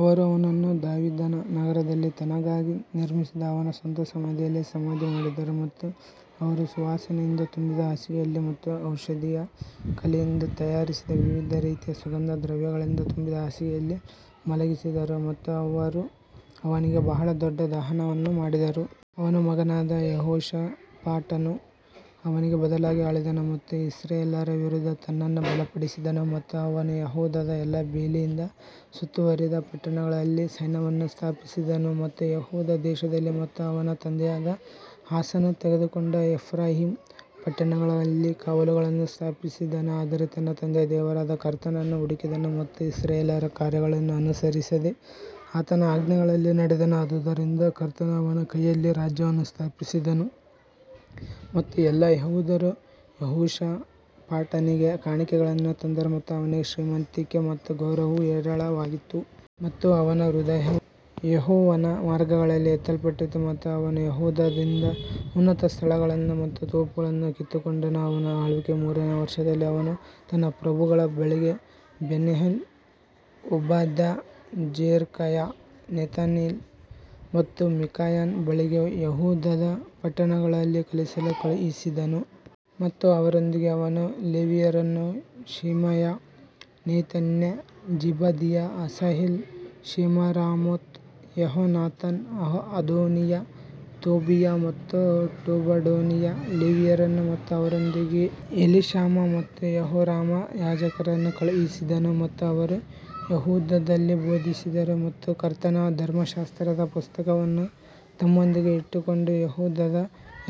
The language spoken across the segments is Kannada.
ಅವರು ಅವನನ್ನು ದಾವೀದನ ನಗರದಲ್ಲಿ ತನಗಾಗಿ ನಿರ್ಮಿಸಿದ ಅವನ ಸ್ವಂತ ಸಮಾಧಿಯಲ್ಲಿ ಸಮಾಧಿ ಮಾಡಿದರು ಮತ್ತು ಅವರು ಸುವಾಸನೆಯಿಂದ ತುಂಬಿದ ಹಾಸಿಗೆಯಲ್ಲಿ ಮತ್ತು ಔಷಧೀಯ ಕಲೆಯಿಂದ ತಯಾರಿಸಿದ ವಿವಿಧ ರೀತಿಯ ಸುಗಂಧ ದ್ರವ್ಯಗಳಿಂದ ತುಂಬಿದ ಹಾಸಿಗೆಯಲ್ಲಿ ಮಲಗಿಸಿದರು ಮತ್ತು ಅವರು ಅವನಿಗೆ ಬಹಳ ದೊಡ್ಡ ದಹನವನ್ನು ಮಾಡಿದರು. ಅವನ ಮಗನಾದ ಯೆಹೋಷಾಫಾಟನು ಅವನಿಗೆ ಬದಲಾಗಿ ಆಳಿದನು ಮತ್ತು ಇಸ್ರಾಯೇಲ್ಯರ ವಿರುದ್ಧ ತನ್ನನ್ನು ಬಲಪಡಿಸಿದನು ಮತ್ತು ಅವನು ಯೆಹೂದದ ಎಲ್ಲಾ ಬೇಲಿಯಿಂದ ಸುತ್ತುವರಿದ ಪಟ್ಟಣಗಳಲ್ಲಿ ಸೈನ್ಯವನ್ನು ಸ್ಥಾಪಿಸಿದನು ಮತ್ತು ಯೆಹೂದ ದೇಶದಲ್ಲಿ ಮತ್ತು ಅವನ ತಂದೆಯಾದ ಆಸನು ತೆಗೆದುಕೊಂಡ ಎಫ್ರಾಯೀಮ್ ಪಟ್ಟಣಗಳಲ್ಲಿ ಕಾವಲುಗಳನ್ನು ಸ್ಥಾಪಿಸಿದನು. ಆದರೆ ತನ್ನ ತಂದೆಯ ದೇವರಾದ ಕರ್ತನನ್ನು ಹುಡುಕಿದನು ಮತ್ತು ಇಸ್ರಾಯೇಲ್ಯರ ಕಾರ್ಯಗಳನ್ನು ಅನುಸರಿಸದೆ ಆತನ ಆಜ್ಞೆಗಳಲ್ಲಿ ನಡೆದನು ಆದದರಿಂದ ಕರ್ತನು ಅವನ ಕೈಯಲ್ಲಿ ರಾಜ್ಯವನ್ನು ಸ್ಥಾಪಿಸಿದನು ಮತ್ತು ಎಲ್ಲಾ ಯೆಹೂದ್ಯರು ಯೆಹೋಷಾಫಾಟನಿಗೆ ಕಾಣಿಕೆಗಳನ್ನು ತಂದರು ಮತ್ತು ಅವನಿಗೆ ಶ್ರೀಮಂತಿಕೆ ಮತ್ತು ಗೌರವವು ಹೇರಳವಾಗಿತ್ತು. ಮತ್ತು ಅವನ ಹೃದಯವು ಯೆಹೋವನ ಮಾರ್ಗಗಳಲ್ಲಿ ಎತ್ತಲ್ಪಟ್ಟಿತು ಮತ್ತು ಅವನು ಯೆಹೂದದಿಂದ ಉನ್ನತ ಸ್ಥಳಗಳನ್ನು ಮತ್ತು ತೋಪುಗಳನ್ನು ಕಿತ್ತುಕೊಂಡನು. ಅವನ ಆಳ್ವಿಕೆಯ ಮೂರನೆಯ ವರ್ಷದಲ್ಲಿ ಅವನು ತನ್ನ ಪ್ರಭುಗಳ ಬಳಿಗೆ ಬೆನ್ಹೈಲ್, ಓಬದ್ಯ, ಜೆಕರ್ಯ, ನೆತನೀಲ್ ಮತ್ತು ಮಿಕಾಯನ ಬಳಿಗೆ ಯೆಹೂದದ ಪಟ್ಟಣಗಳಲ್ಲಿ ಕಲಿಸಲು ಕಳುಹಿಸಿದನು. ಮತ್ತು ಅವರೊಂದಿಗೆ ಅವನು ಲೇವಿಯರನ್ನು ಶೆಮಾಯ, ನೆತನ್ಯ, ಜೆಬದೀಯ, ಅಸಾಹೇಲ್, ಶೆಮಿರಾಮೋತ್, ಯೆಹೋನಾಥನ್, ಅದೋನೀಯ, ತೋಬೀಯ ಮತ್ತು ಟೊಬಡೋನಿಯ ಲೇವಿಯರನ್ನು ಮತ್ತು ಅವರೊಂದಿಗೆ ಎಲಿಷಾಮ ಮತ್ತು ಯೆಹೋರಾಮ ಯಾಜಕರನ್ನು ಕಳುಹಿಸಿದನು. ಮತ್ತು ಅವರು ಯೆಹೂದದಲ್ಲಿ ಬೋಧಿಸಿದರು ಮತ್ತು ಕರ್ತನ ಧರ್ಮಶಾಸ್ತ್ರದ ಪುಸ್ತಕವನ್ನು ತಮ್ಮೊಂದಿಗೆ ಇಟ್ಟುಕೊಂಡು ಯೆಹೂದದ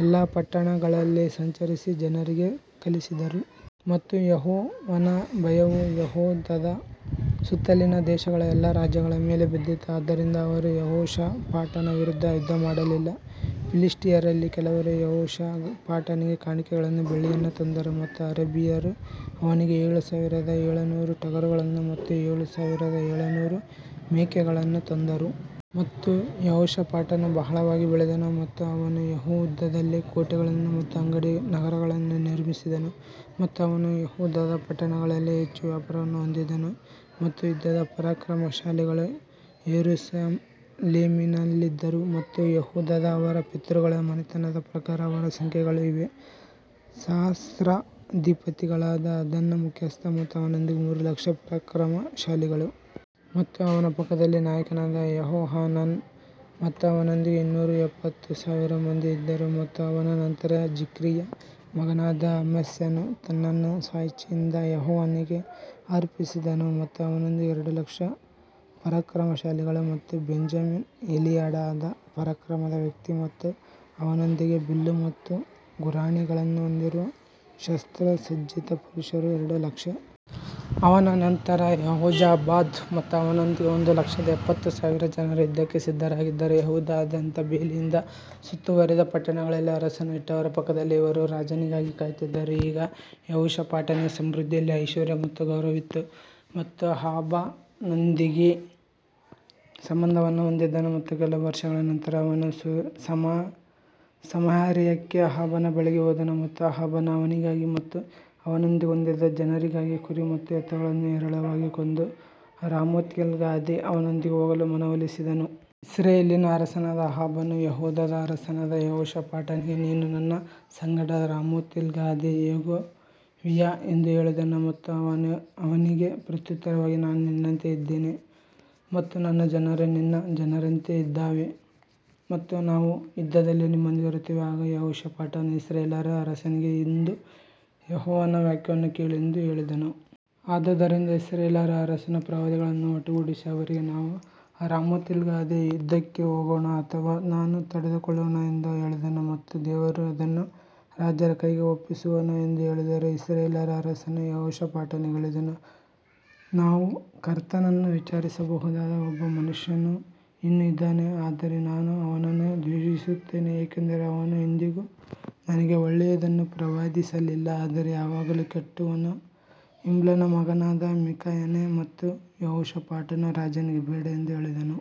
ಎಲ್ಲಾ ಪಟ್ಟಣಗಳಲ್ಲಿ ಸಂಚರಿಸಿ ಜನರಿಗೆ ಕಲಿಸಿದರು. ಮತ್ತು ಯೆಹೋವನ ಭಯವು ಯೆಹೂದದ ಸುತ್ತಲಿನ ದೇಶಗಳ ಎಲ್ಲಾ ರಾಜ್ಯಗಳ ಮೇಲೆ ಬಿದ್ದಿತು, ಆದ್ದರಿಂದ ಅವರು ಯೆಹೋಷಾಫಾಟನ ವಿರುದ್ಧ ಯುದ್ಧಮಾಡಲಿಲ್ಲ. ಫಿಲಿಷ್ಟಿಯರಲ್ಲಿ ಕೆಲವರು ಯೆಹೋಷಾಫಾಟನಿಗೆ ಕಾಣಿಕೆಗಳನ್ನು ಬೆಳ್ಳಿಯನ್ನು ತಂದರು ಮತ್ತು ಅರೇಬಿಯರು ಅವನಿಗೆ ಏಳು ಸಾವಿರದ ಏಳುನೂರು ಟಗರುಗಳನ್ನು ಮತ್ತು ಏಳು ಸಾವಿರದ ಏಳುನೂರು ಮೇಕೆಗಳನ್ನು ತಂದರು. ಮತ್ತು ಯೆಹೋಷಾಫಾಟನು ಬಹಳವಾಗಿ ಬೆಳೆದನು ಮತ್ತು ಅವನು ಯೆಹೂದದಲ್ಲಿ ಕೋಟೆಗಳನ್ನು ಮತ್ತು ಅಂಗಡಿ ನಗರಗಳನ್ನು ನಿರ್ಮಿಸಿದನು. ಮತ್ತು ಅವನು ಯೆಹೂದದ ಪಟ್ಟಣಗಳಲ್ಲಿ ಹೆಚ್ಚು ವ್ಯಾಪಾರವನ್ನು ಹೊಂದಿದ್ದನು ಮತ್ತು ಯುದ್ಧದ ಪರಾಕ್ರಮಶಾಲಿಗಳು ಯೆರೂಸಲೇಮಿನಲ್ಲಿದ್ದರು. ಮತ್ತು ಯೆಹೂದದ ಅವರ ಪಿತೃಗಳ ಮನೆತನದ ಪ್ರಕಾರ ಅವರ ಸಂಖ್ಯೆಗಳು ಇವೇ, ಸಹಸ್ರಾಧಿಪತಿಗಳಾದ ಅದ್ನಾ ಮುಖ್ಯಸ್ಥ ಮತ್ತು ಅವನೊಂದಿಗೆ ಮೂರು ಲಕ್ಷ ಪರಾಕ್ರಮಶಾಲಿಗಳು. ಮತ್ತು ಅವನ ಪಕ್ಕದಲ್ಲಿ ನಾಯಕನಾದ ಯೆಹೋಹಾನಾನ್ ಮತ್ತು ಅವನೊಂದಿಗೆ ಇನ್ನೂರ ಎಪ್ಪತ್ತು ಸಾವಿರ ಮಂದಿ ಇದ್ದರು ಮತ್ತು ಅವನ ನಂತರ ಜಿಕ್ರಿಯ ಮಗನಾದ ಅಮಸ್ಯನು ತನ್ನನ್ನು ಸ್ವಇಚ್ಛೆಯಿಂದ ಯೆಹೋವನಿಗೆ ಅರ್ಪಿಸಿದನು ಮತ್ತು ಅವನೊಂದಿಗೆ ಎರಡು ಲಕ್ಷ ಪರಾಕ್ರಮಶಾಲಿಗಳು ಮತ್ತು ಬೆಂಜಮಿನ್ ಎಲಿಯಾಡಾದ ಪರಾಕ್ರಮದ ವ್ಯಕ್ತಿ ಮತ್ತು ಅವನೊಂದಿಗೆ ಬಿಲ್ಲು ಮತ್ತು ಗುರಾಣಿಗಳನ್ನು ಹೊಂದಿರುವ ಶಸ್ತ್ರಸಜ್ಜಿತ ಪುರುಷರು ಎರಡು ಲಕ್ಷ. ಅವನ ನಂತರ ಯೆಹೋಜಾಬಾದ್ ಮತ್ತು ಅವನೊಂದಿಗೆ ಒಂದು ಲಕ್ಷದ ಎಪ್ಪತ್ತು ಸಾವಿರ ಜನರು ಯುದ್ಧಕ್ಕೆ ಸಿದ್ಧರಾಗಿದ್ದರು ಯೆಹೂದದಾದ್ಯಂತ ಬೇಲಿಯಿಂದ ಸುತ್ತುವರಿದ ಪಟ್ಟಣಗಳಲ್ಲಿ ಅರಸನು ಇಟ್ಟವರ ಪಕ್ಕದಲ್ಲಿ ಇವರು ರಾಜನಿಗಾಗಿ ಕಾಯುತ್ತಿದ್ದರು ಈಗ ಯೆಹೋಷಾಫಾಟನಿಗೆ ಸಮೃದ್ಧಿಯಲ್ಲಿ ಐಶ್ವರ್ಯ ಮತ್ತು ಗೌರವವಿತ್ತು ಮತ್ತು ಅಹಾಬನೊಂದಿಗೆ ಸಂಬಂಧವನ್ನು ಹೊಂದಿದ್ದನು ಮತ್ತು ಕೆಲವು ವರ್ಷಗಳ ನಂತರ ಅವನು ಸಮಾರ್ಯಕ್ಕೆ ಅಹಾಬನ ಬಳಿಗೆ ಹೋದನು ಮತ್ತು ಅಹಾಬನು ಅವನಿಗಾಗಿ ಮತ್ತು ಅವನೊಂದಿಗೆ ಹೊಂದಿದ್ದ ಜನರಿಗಾಗಿ ಕುರಿ ಮತ್ತು ಎತ್ತುಗಳನ್ನು ಹೇರಳವಾಗಿ ಕೊಂದು ರಾಮೋತ್ಗಿಲ್ಯಾದ್ಗೆ ಅವನೊಂದಿಗೆ ಹೋಗಲು ಮನವೊಲಿಸಿದನು. ಇಸ್ರಾಯೇಲಿನ ಅರಸನಾದ ಅಹಾಬನು ಯೆಹೂದದ ಅರಸನಾದ ಯೆಹೋಷಾಫಾಟನಿಗೆ ನೀನು ನನ್ನ ಸಂಗಡ ರಾಮೋತ್ಗಿಲ್ಯಾದ್ಗೆ ಹೋಗುವಿಯಾ ಎಂದು ಹೇಳಿದನು ಮತ್ತು ಅವನು ಅವನಿಗೆ ಪ್ರತ್ಯುತ್ತರವಾಗಿ ನಾನು ನಿನ್ನಂತೆಯೇ ಇದ್ದೇನೆ ಮತ್ತು ನನ್ನ ಜನರು ನಿನ್ನ ಜನರಂತೆ ಇದ್ದೇವೆ ಮತ್ತು ನಾವು ಯುದ್ಧದಲ್ಲಿ ನಿಮ್ಮೊಂದಿಗೆ ಇರುತ್ತೇವೆ. ಆಗ ಯೆಹೋಷಾಫಾಟನು ಇಸ್ರಾಯೇಲ್ಯರ ಅರಸನಿಗೆ ಇಂದು ಯೆಹೋವನ ವಾಕ್ಯವನ್ನು ಕೇಳು ಎಂದು ಹೇಳಿದನು. ಆದದರಿಂದ ಇಸ್ರಾಯೇಲ್ಯರ ಅರಸನು ಪ್ರವಾದಿಗಳನ್ನು ಒಟ್ಟುಗೂಡಿಸಿ ಅವರಿಗೆ ನಾವು ರಾಮೋತ್ಗಿಲ್ಯಾದ್ಗೆ ಯುದ್ಧಕ್ಕೆ ಹೋಗೋಣ ಅಥವಾ ನಾನು ತಡೆದುಕೊಳ್ಳೋಣ ಎಂದು ಹೇಳಿದನು ಮತ್ತು ದೇವರು ಅದನ್ನು ರಾಜರ ಕೈಗೆ ಒಪ್ಪಿಸುವನು ಎಂದು ಹೇಳಿದರು. ಇಸ್ರಾಯೇಲ್ಯರ ಅರಸನು ಯೆಹೋಷಾಫಾಟನಿಗೆ ಹೇಳಿದನು, ನಾವು ಕರ್ತನನ್ನು ವಿಚಾರಿಸಬಹುದಾದ ಒಬ್ಬ ಮನುಷ್ಯನು ಇನ್ನೂ ಇದ್ದಾನೆ ಆದರೆ ನಾನು ಅವನನ್ನು ದ್ವೇಷಿಸುತ್ತೇನೆ ಏಕೆಂದರೆ ಅವನು ಎಂದಿಗೂ ನನಗೆ ಒಳ್ಳೆಯದನ್ನು ಪ್ರವಾದಿಸಲಿಲ್ಲ ಆದರೆ ಯಾವಾಗಲೂ ಕೆಟ್ಟವನು ಇಮ್ಲನ ಮಗನಾದ ಮಿಕಾಯನೇ ಮತ್ತು ಯೆಹೋಷಾಫಾಟನು ರಾಜನಿಗೆ ಬೇಡ ಎಂದು ಹೇಳಿದನು.